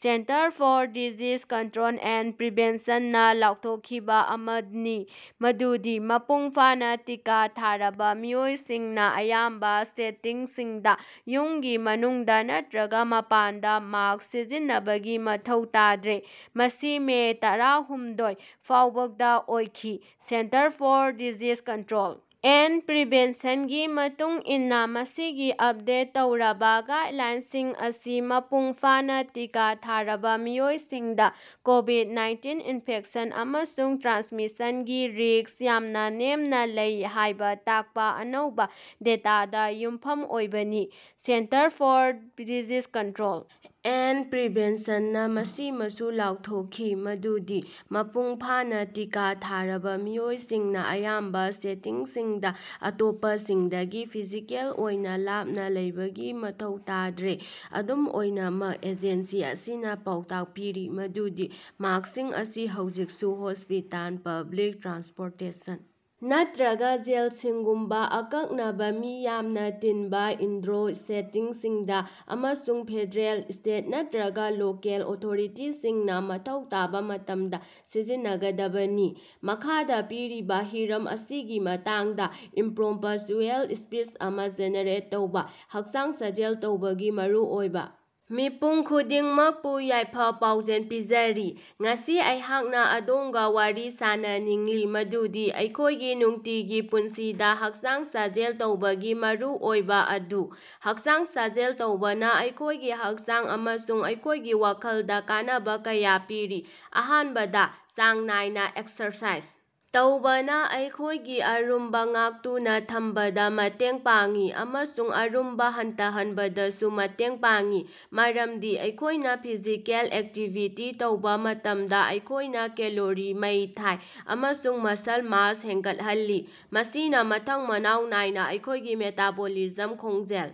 Centre for disease control and prevention ꯅꯥ ꯂꯥꯎꯊꯣꯛꯈꯤꯕ ꯑꯃꯅꯤ ꯃꯗꯨꯗꯤ ꯃꯄꯨꯡ ꯐꯥꯅ ꯇꯤꯀꯥ ꯊꯥꯔꯕ ꯃꯤꯑꯣꯏꯁꯤꯡꯅ ꯑꯌꯥꯝꯕ ꯁꯦꯇꯤꯡꯁꯤꯡꯗ ꯌꯨꯝꯒꯤ ꯃꯅꯨꯡꯗ ꯅꯠꯇꯔꯒ ꯃꯄꯥꯟꯗ ꯃꯥ꯭ꯏꯁꯛ ꯁꯤꯖꯤꯟꯅꯕꯒꯤ ꯃꯊꯧ ꯇꯥꯗ꯭ꯔꯦ, ꯃꯁꯤ ꯃꯦ ꯇꯔꯥꯍꯨꯝꯗꯣꯏ, ꯐꯥꯎꯕꯗ ꯑꯣꯏꯈꯤ꯫ꯁꯦꯟꯇꯔ for disease control and Prevention ꯒꯤ ꯃꯇꯨꯡ ꯏꯟꯅ, ꯃꯁꯤꯒꯤ ꯑꯞꯗꯦꯠ ꯇꯧꯔꯕ ꯒꯥꯏꯗꯂꯥꯏꯟꯁꯤꯡ ꯑꯁꯤ ꯃꯄꯨꯡ ꯐꯥꯅ ꯇꯤꯀꯥ ꯊꯥꯔꯕ ꯃꯤꯑꯣꯏꯁꯤꯡꯗ ꯀꯣꯕꯤꯗ-ꯅꯥꯏꯟꯇꯤꯟ ꯏꯟꯐꯦꯛꯁꯟ ꯑꯃꯁꯨꯡ ꯇ꯭ꯔꯥꯟꯁꯃꯤꯁꯟꯒꯤ ꯔꯤꯁ꯭ꯛ ꯌꯥꯝꯅ ꯅꯦꯝꯅ ꯂꯩ ꯍꯥꯏꯕ ꯇꯥꯛꯄ ꯑꯅꯧꯕ ꯗꯦꯇꯥꯗ ꯌꯨꯝꯐꯝ ꯑꯣꯏꯕꯅꯤ꯫ Centre for disease control and prevention ꯅꯥ ꯃꯁꯤꯃꯁꯨ ꯂꯥꯎꯊꯣꯛꯈꯤ ꯃꯗꯨꯗꯤ ꯃꯄꯨꯡ ꯐꯥꯅ ꯇꯤꯀꯥ ꯊꯥꯔꯕ ꯃꯤꯑꯣꯏꯁꯤꯡꯅ ꯑꯌꯥꯝꯕ ꯁꯦꯇꯤꯡꯁꯤꯡꯗ ꯑꯇꯣꯞꯄꯁꯤꯡꯗꯒꯤ ꯐꯤꯖꯤꯀꯦꯜ ꯑꯣꯏꯅ ꯂꯥꯞꯅ ꯂꯩꯕꯒꯤ ꯃꯊꯧ ꯇꯥꯗ꯭ꯔꯦ꯫ ꯑꯗꯨꯝ ꯑꯣꯏꯅꯃꯛ, ꯑꯦꯖꯦꯟꯁꯤ ꯑꯁꯤꯅ ꯄꯥꯎꯇꯥꯛ ꯄꯤꯔꯤ ꯃꯗꯨꯗꯤ ꯃꯥ꯭ꯁꯛꯁꯤꯡ ꯑꯁꯤ ꯍꯧꯖꯤꯛꯁꯨ ꯍꯣꯁꯄꯤꯇꯥꯜ, ꯄꯕ꯭ꯂꯤꯛ ꯇ꯭ꯔꯥꯟꯁꯄꯣꯔꯇꯦꯁꯟ ꯅꯠꯇꯔꯒ ꯖꯦꯜꯁꯤꯡꯒꯨꯝꯕ ꯑꯀꯛꯅꯕ ꯃꯤ ꯌꯥꯝꯅ ꯇꯤꯟꯕ ꯏꯟꯗꯣꯔ ꯁꯦꯇꯤꯡꯁꯤꯡꯗ, ꯑꯃꯁꯨꯡ ꯐꯦꯗꯔꯦꯜ, ꯁ꯭ꯇꯦꯠ ꯅꯠꯇꯔꯒ ꯂꯣꯀꯦꯜ ꯑꯣꯊꯣꯔꯤꯇꯤꯁꯤꯡꯅ ꯃꯊꯧ ꯇꯥꯕ ꯃꯇꯝꯗ ꯁꯤꯖꯤꯟꯅꯒꯗꯕꯅꯤ꯫ ꯃꯈꯥꯗ ꯄꯤꯔꯤꯕ ꯍꯤꯔꯝ ꯑꯁꯤꯒꯤ ꯃꯇꯥꯡꯗ ꯏꯝꯄ꯭ꯔꯣꯝꯄꯆꯨꯑꯦꯜ ꯁ꯭ꯄꯤꯆ ꯑꯃ ꯖꯦꯅꯦꯔꯦꯠ ꯇꯧꯕ - ꯍꯛꯆꯥꯡ ꯁꯥꯖꯦꯜ ꯇꯧꯕꯒꯤ ꯃꯔꯨꯑꯣꯏꯕ꯫ ꯃꯤꯄꯨꯝ ꯈꯨꯗꯤꯡꯃꯛꯄꯨ ꯌꯥꯏꯐ-ꯄꯥꯎꯖꯦꯜ ꯄꯤꯖꯔꯤ꯫ ꯉꯁꯤ ꯑꯩꯍꯥꯛꯅ ꯑꯗꯣꯝꯒ ꯋꯥꯔꯤ ꯁꯥꯅꯅꯤꯡꯂꯤ ꯃꯗꯨꯗꯤ ꯑꯩꯈꯣꯏꯒꯤ ꯅꯨꯡꯇꯤꯒꯤ ꯄꯨꯟꯁꯤꯗ ꯍꯛꯆꯥꯡ ꯁꯥꯖꯦꯜ ꯇꯧꯕꯒꯤ ꯃꯔꯨꯑꯣꯏꯕ ꯑꯗꯨ꯫ ꯍꯛꯆꯥꯡ ꯁꯥꯖꯦꯜ ꯇꯧꯕꯅ ꯑꯩꯈꯣꯏꯒꯤ ꯍꯛꯆꯥꯡ ꯑꯃꯁꯨꯡ ꯑꯩꯈꯣꯏꯒꯤ ꯋꯥꯈꯜꯗ ꯀꯥꯟꯅꯕ ꯀꯌꯥ ꯄꯤꯔꯤ꯫ ꯑꯍꯥꯟꯕꯗ, ꯆꯥꯡ ꯅꯥꯏꯅ ꯑꯦꯛꯁꯔꯁꯥꯏꯖ ꯇꯧꯕꯅ ꯑꯩꯈꯣꯏꯒꯤ ꯑꯔꯨꯝꯕ ꯉꯥꯛꯇꯨꯅ ꯊꯝꯕꯗ ꯃꯇꯦꯡ ꯄꯥꯡꯏ ꯑꯃꯁꯨꯡ ꯑꯔꯨꯝꯕ ꯍꯟꯊꯍꯟꯕꯗꯁꯨ ꯃꯇꯦꯡ ꯄꯥꯡꯏ꯫ ꯃꯔꯝꯗꯤ ꯑꯩꯈꯣꯏꯅ ꯐꯤꯖꯤꯀꯦꯜ ꯑꯦꯛꯇꯤꯚꯤꯇꯤ ꯇꯧꯕ ꯃꯇꯝꯗ ꯑꯩꯈꯣꯏꯅ ꯀꯦꯂꯣꯔꯤ ꯃꯩ ꯊꯥꯏ ꯑꯃꯁꯨꯡ ꯃꯁꯜ ꯃꯥꯁ ꯍꯦꯟꯒꯠꯍꯜꯂꯤ꯫ ꯃꯁꯤꯅ ꯃꯊꯪ ꯃꯅꯥꯎ ꯅꯥꯏꯅꯥ ꯑꯩꯈꯣꯏꯒꯤ ꯃꯦꯇꯥꯕꯣꯂꯤꯖꯝ ꯈꯣꯡꯖꯦꯜ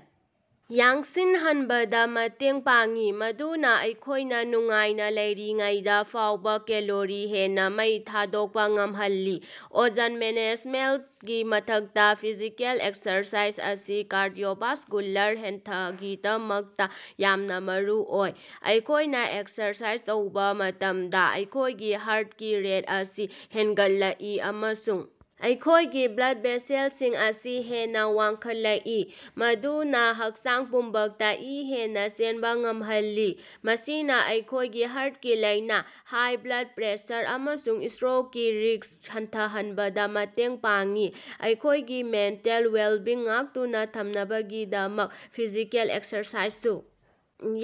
ꯌꯥꯡꯁꯤꯟꯍꯟꯕꯗ ꯃꯇꯦꯡ ꯄꯥꯡꯏ, ꯃꯗꯨꯅ ꯑꯩꯈꯣꯏꯅ ꯅꯨꯡꯉꯥꯏꯅ ꯂꯩꯔꯤꯉꯩꯗ ꯐꯥꯎꯕ ꯀꯦꯂꯣꯔꯤ ꯍꯦꯟꯅ ꯃꯩ ꯊꯥꯗꯣꯛꯄ ꯉꯝꯍꯜꯂꯤ꯫ ꯑꯣꯖꯟ ꯃꯦꯅꯦꯖꯃꯦꯟꯇꯀꯤ ꯃꯊꯛꯇ, ꯐꯤꯖꯤꯀꯦꯜ ꯑꯦꯛꯁꯔꯁꯥꯏꯖ ꯑꯁꯤ ꯀꯥꯔꯗꯤꯑꯣꯚꯥꯁꯀꯨꯂꯥꯔ ꯍꯦꯜꯊꯀꯤꯗꯃꯛꯇ ꯌꯥꯝꯅ ꯃꯔꯨꯑꯣꯏ꯫ ꯑꯩꯈꯣꯏꯅ ꯑꯦꯛꯁꯔꯁꯥꯏꯖ ꯇꯧꯕ ꯃꯇꯝꯗ, ꯑꯩꯈꯣꯏꯒꯤ ꯍꯥ꯭ꯔꯠꯀꯤ ꯔꯦꯠ ꯑꯁꯤ ꯍꯦꯟꯒꯠꯂꯛꯏ ꯑꯃꯁꯨꯡ ꯑꯩꯈꯣꯏꯒꯤ ꯕ꯭ꯂꯗ ꯚꯦꯁꯦꯜꯁꯤꯡ ꯑꯁꯤ ꯍꯦꯟꯅ ꯋꯥꯡꯈꯠꯂꯛꯏ, ꯃꯗꯨꯅ ꯍꯛꯆꯥꯡ ꯄꯨꯝꯕꯗ ꯏ ꯍꯦꯟꯅ ꯆꯦꯟꯕ ꯉꯝꯍꯜꯂꯤ꯫ ꯃꯁꯤꯅ ꯑꯩꯈꯣꯏꯒꯤ ꯍꯥ꯭ꯔꯠꯀꯤ ꯂꯥꯏꯅ, ꯍꯥꯏ ꯕ꯭ꯂꯗ ꯄ꯭ꯔꯦꯁꯔ ꯑꯃꯁꯨꯡ ꯁ꯭ꯇꯔꯣꯛꯀꯤ ꯔꯤꯁ꯭ꯛ ꯍꯟꯊꯍꯟꯕꯗ ꯃꯇꯦꯡ ꯄꯥꯡꯏ꯫ ꯑꯩꯈꯣꯏꯒꯤ ꯃꯦꯟꯇꯦꯜ ꯋꯦꯜꯕꯤꯡ ꯉꯥꯛꯇꯨꯅ ꯊꯝꯅꯕꯒꯤꯗꯃꯛ ꯐꯤꯖꯤꯀꯦꯜ ꯑꯦꯛꯁꯔꯁꯥꯏꯖꯁꯨ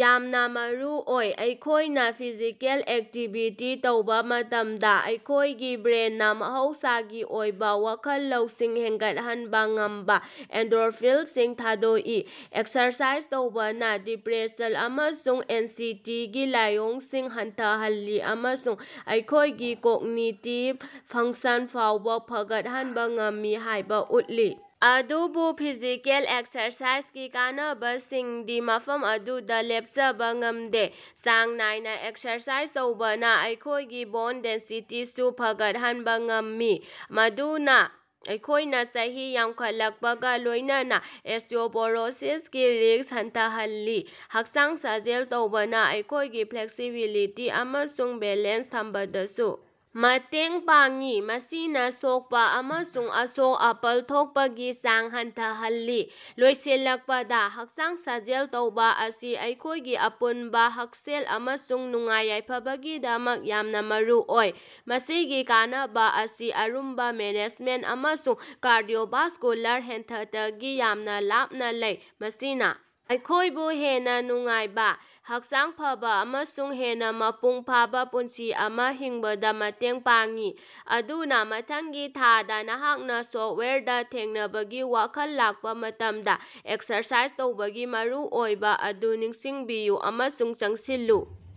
ꯌꯥꯝꯅ ꯃꯔꯨꯑꯣꯏ꯫ ꯑꯩꯈꯣꯏꯅ ꯐꯤꯖꯤꯀꯦꯜ ꯑꯦꯛꯇꯤꯚꯤꯇꯤ ꯇꯧꯕ ꯃꯇꯝꯗ, ꯑꯩꯈꯣꯏꯒꯤ ꯕ꯭ꯔꯦꯅꯅꯥ ꯃꯍꯧꯁꯥꯒꯤ ꯑꯣꯏꯕ ꯋꯥꯈꯜ ꯂꯧꯁꯤꯡ ꯍꯦꯟꯒꯠꯍꯟꯕ ꯉꯝꯕ ꯑꯦꯟꯗꯣꯔꯐꯤꯟꯁꯤꯡ ꯊꯥꯗꯣꯛꯏ꯫ ꯑꯦꯛꯁꯔꯁꯥꯏꯖ ꯇꯧꯕꯅ ꯗꯤꯄ꯭ꯔꯦꯁꯟ ꯑꯃꯁꯨꯡ ꯑꯦꯟꯁꯤꯇꯤꯒꯤ ꯂꯥꯏꯑꯣꯡꯁꯤꯡ ꯍꯟꯊꯍꯜꯂꯤ ꯑꯃꯁꯨꯡ ꯑꯩꯈꯣꯏꯒꯤ ꯀꯣꯒꯅꯤꯇꯤꯕ ꯐꯪꯁꯟ ꯐꯥꯎꯕ ꯐꯒꯠꯍꯟꯕ ꯉꯝꯃꯤ ꯍꯥꯏꯕ ꯎꯠꯂꯤ꯫ ꯑꯗꯨꯕꯨ ꯐꯤꯖꯤꯀꯦꯜ ꯑꯦꯛꯁꯔꯁꯥꯏꯖꯒꯤ ꯀꯥꯟꯅꯕꯁꯤꯡꯗꯤ ꯃꯐꯝ ꯑꯗꯨꯗ ꯂꯦꯞꯆꯕ ꯉꯝꯗꯦ꯫ ꯆꯥꯡ ꯅꯥꯏꯅ ꯑꯦꯛꯁꯔꯁꯥꯏꯖ ꯇꯧꯕꯅ ꯑꯩꯈꯣꯏꯒꯤ ꯕꯣꯟ ꯗꯦꯟꯁꯤꯇꯤꯁꯨ ꯐꯒꯠꯍꯟꯕ ꯉꯝꯃꯤ, ꯃꯗꯨꯅ ꯑꯩꯈꯣꯏꯅ ꯆꯍꯤ ꯌꯥꯝꯈꯠꯂꯛꯄꯒ ꯂꯣꯏꯅꯅ ꯑꯣꯁ꯭ꯇꯤꯑꯣꯄꯣꯔꯣꯁꯤꯁꯀꯤ ꯔꯤꯁ꯭ꯛ ꯍꯟꯊꯍꯜꯂꯤ꯫ ꯍꯛꯆꯥꯡ ꯁꯥꯖꯦꯜ ꯇꯧꯕꯅ ꯑꯩꯈꯣꯏꯒꯤ ꯐ꯭ꯂꯦꯛꯁꯤꯕꯤꯂꯤꯇꯤ ꯑꯃꯁꯨꯡ ꯕꯦꯂꯦꯟꯁ ꯊꯝꯕꯗꯁꯨ ꯃꯇꯦꯡ ꯄꯥꯡꯏ, ꯃꯁꯤꯅ ꯁꯣꯛꯄ ꯑꯃꯁꯨꯡ ꯑꯁꯣꯛ-ꯑꯄꯟ ꯊꯣꯛꯄꯒꯤ ꯆꯥꯡ ꯍꯟꯊꯍꯜꯂꯤ꯫ ꯂꯣꯏꯁꯤꯜꯂꯛꯄꯗ, ꯍꯛꯆꯥꯡ ꯁꯥꯖꯦꯜ ꯇꯧꯕ ꯑꯁꯤ ꯑꯩꯈꯣꯏꯒꯤ ꯑꯄꯨꯟꯕ ꯍꯛꯁꯦꯜ ꯑꯃꯁꯨꯡ ꯅꯨꯡꯉꯥꯏ-ꯌꯥꯏꯐꯕꯒꯤꯗꯃꯛ ꯌꯥꯝꯅ ꯃꯔꯨꯑꯣꯏ꯫ ꯃꯁꯤꯒꯤ ꯀꯥꯟꯅꯕꯥ ꯑꯁꯤ ꯑꯔꯨꯝꯕ ꯃꯦꯅꯦꯖꯃꯦꯟꯇ ꯑꯃꯁꯨꯡ ꯀꯥꯔꯗꯤꯑꯣꯚꯥꯁꯀꯨꯂꯥꯔ ꯍꯦꯜꯊꯇꯒꯤ ꯌꯥꯝꯅ ꯂꯥꯞꯅ ꯂꯩ, ꯃꯁꯤꯅ ꯑꯩꯈꯣꯏꯕꯨ ꯍꯦꯟꯅ ꯅꯨꯡꯉꯥꯏꯕ, ꯍꯛꯆꯥꯡ ꯐꯕꯥ ꯑꯃꯁꯨꯡ ꯍꯦꯟꯅ ꯃꯄꯨꯡ ꯐꯥꯕ ꯄꯨꯟꯁꯤ ꯑꯃ ꯍꯤꯡꯕꯗ ꯃꯇꯦꯡ ꯄꯥꯡꯏ꯫ ꯑꯗꯨꯅ, ꯃꯊꯪꯒꯤ ꯊꯥꯗ ꯅꯍꯥꯛꯅ ꯁꯣꯐ꯭ꯇꯋꯥꯌꯔꯗ ꯊꯦꯡꯅꯕꯒꯤ ꯋꯥꯈꯜ ꯂꯥꯛꯄ ꯃꯇꯝꯗ, ꯑꯦꯛꯁꯔꯁꯥꯏꯖ ꯇꯧꯕꯒꯤ ꯃꯔꯨꯑꯣꯏꯕ ꯑꯗꯨ ꯅꯤꯡꯁꯤꯡꯕꯤꯌꯨ ꯑꯃꯁꯨꯡ ꯆꯪꯁꯤꯜꯂꯨ꯫